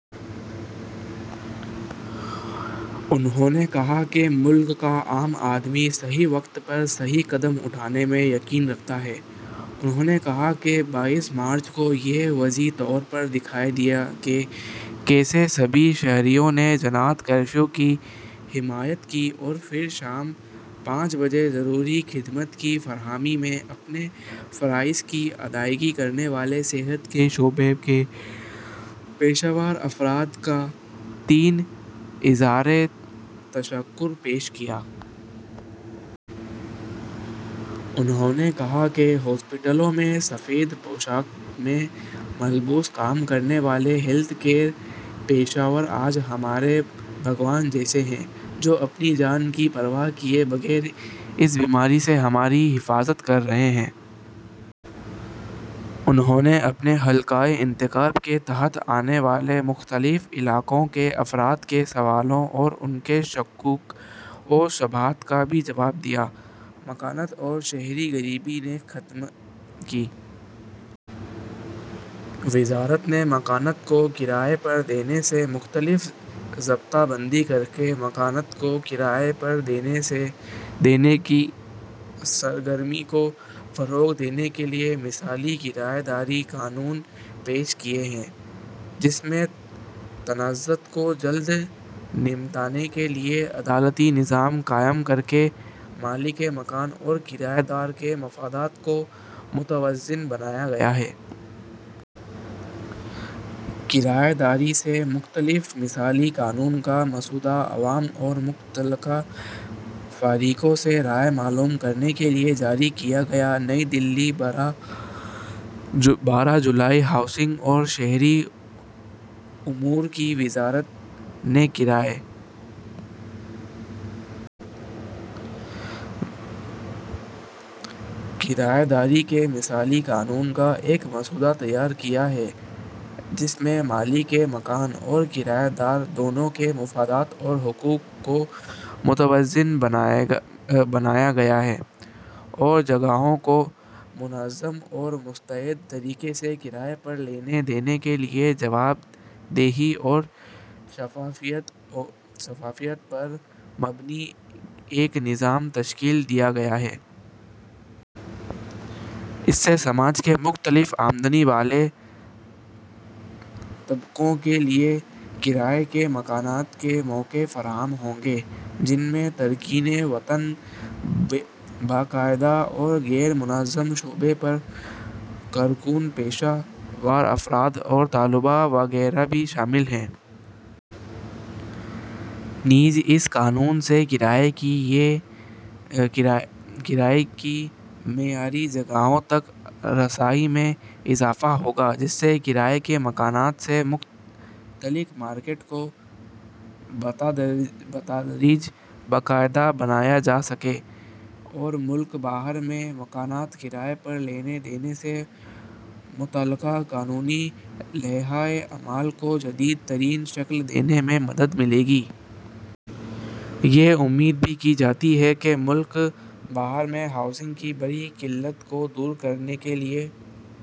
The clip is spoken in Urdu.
انہوں نے کہا کہ اس ملک کا عام آدمی صحیح وقت پر صحیح قدم اٹھانے میں یقین رکھتا ہے۔ انہوں نے کہا کہ بائیس مارچ کو یہ واضح طور پر دکھائی دیا کہ کیسے سبھی شہریوں نے جنتا کرفیو کی حمایت کی اور پھر شام پانچ بجے ضروری خدمات کی فراہمی میں اپنے فرائض کی ادائیگی کرنے والے صحت کے شعبے کے پیشہ ور افراد کے تئیں اظہار تشکر پیش کیا۔ انہوں نے کہا کہ ہسپتالوں میں سفید پوشاک میں ملبوس کام کرنے والے ہیلتھ کیئر پیشہ ور آج ہمارے بھگوان جیسے ہیں۔ وہ اپنی جان کی پرواہ کیے بغیر اس بیماری سے ہماری حفاظت کر رہے ہیں۔ انہوں نے اپنے حلقہ ہائے انتخاب کے تحت آنے والے مختلف علاقوں کے افراد کے سوالوں اور ان کے شکوک و شبہات کا بھی جواب دیا۔ مکانات اور شہری غریبی کے خاتمے کی وزارت نے مکانات کو کرائے پر دینے سے متعلق ضابطہ بندی کرکے مکانات کو کرائے پر دینے کی سرگرمی کو فروغ دینے کے لیے مثالی کرائے داری قانون پیش کیا ہے، جس میں تنازعات کو جلد نمٹانے کے لیے عدالتی نظام قائم کرکے مالک مکان اور کرائے دار کے مفادات کو متوازن بنایا گیا ہے۔ کرائے داری سے متعلق مثالی قانون کا مسودہ عوام اور متعلقہ فریقوں سے رائے معلوم کرنے کے لیے جاری کیا گیا۔ نئی دہلی، بارہ جولائی۔ ہاؤسنگ اور شہری امور کی وزارت نے کرائے داری کے مثالی قانون کا ایک مسودہ تیار کیا ہے، جس میں مالک مکان اور کرائے دار دونوں کے مفادات اور حقوق کو متوازن بنایا گیا ہے اور جگہوں کو منظم اور مستعد طریقے سے کرائے پر لینے دینے کے لیے جواب دہی اور شفافیت پر مبنی ایک نظام تشکیل دیا گیا ہے۔ اس سے سماج کے مختلف آمدنی والے طبقوں کے لیے کرائے کے مکانات کے مواقع فراہم ہوں گے، جن میں تارکین وطن، باقاعدہ اور غیر منظم شعبے کے کارکن، پیشہ ور افراد اور طلبا وغیرہ بھی شامل ہیں۔ نیز، اس قانون سے کرائے کی معیاری جگہوں تک رسائی میں اضافہ ہوگا، جس سے کرائے کے مکانات سے متعلق مارکیٹ کو بتدریج باقاعدہ بنایا جا سکے گا اور ملک بھر میں مکانات کرائے پر لینے دینے سے متعلق قانونی لائحہ عمل کو جدید ترین شکل دینے میں مدد ملے گی۔ یہ امید بھی کی جاتی ہے کہ ملک بھر میں ہاؤسنگ کی بڑی قلت کو دور کرنے کے لیے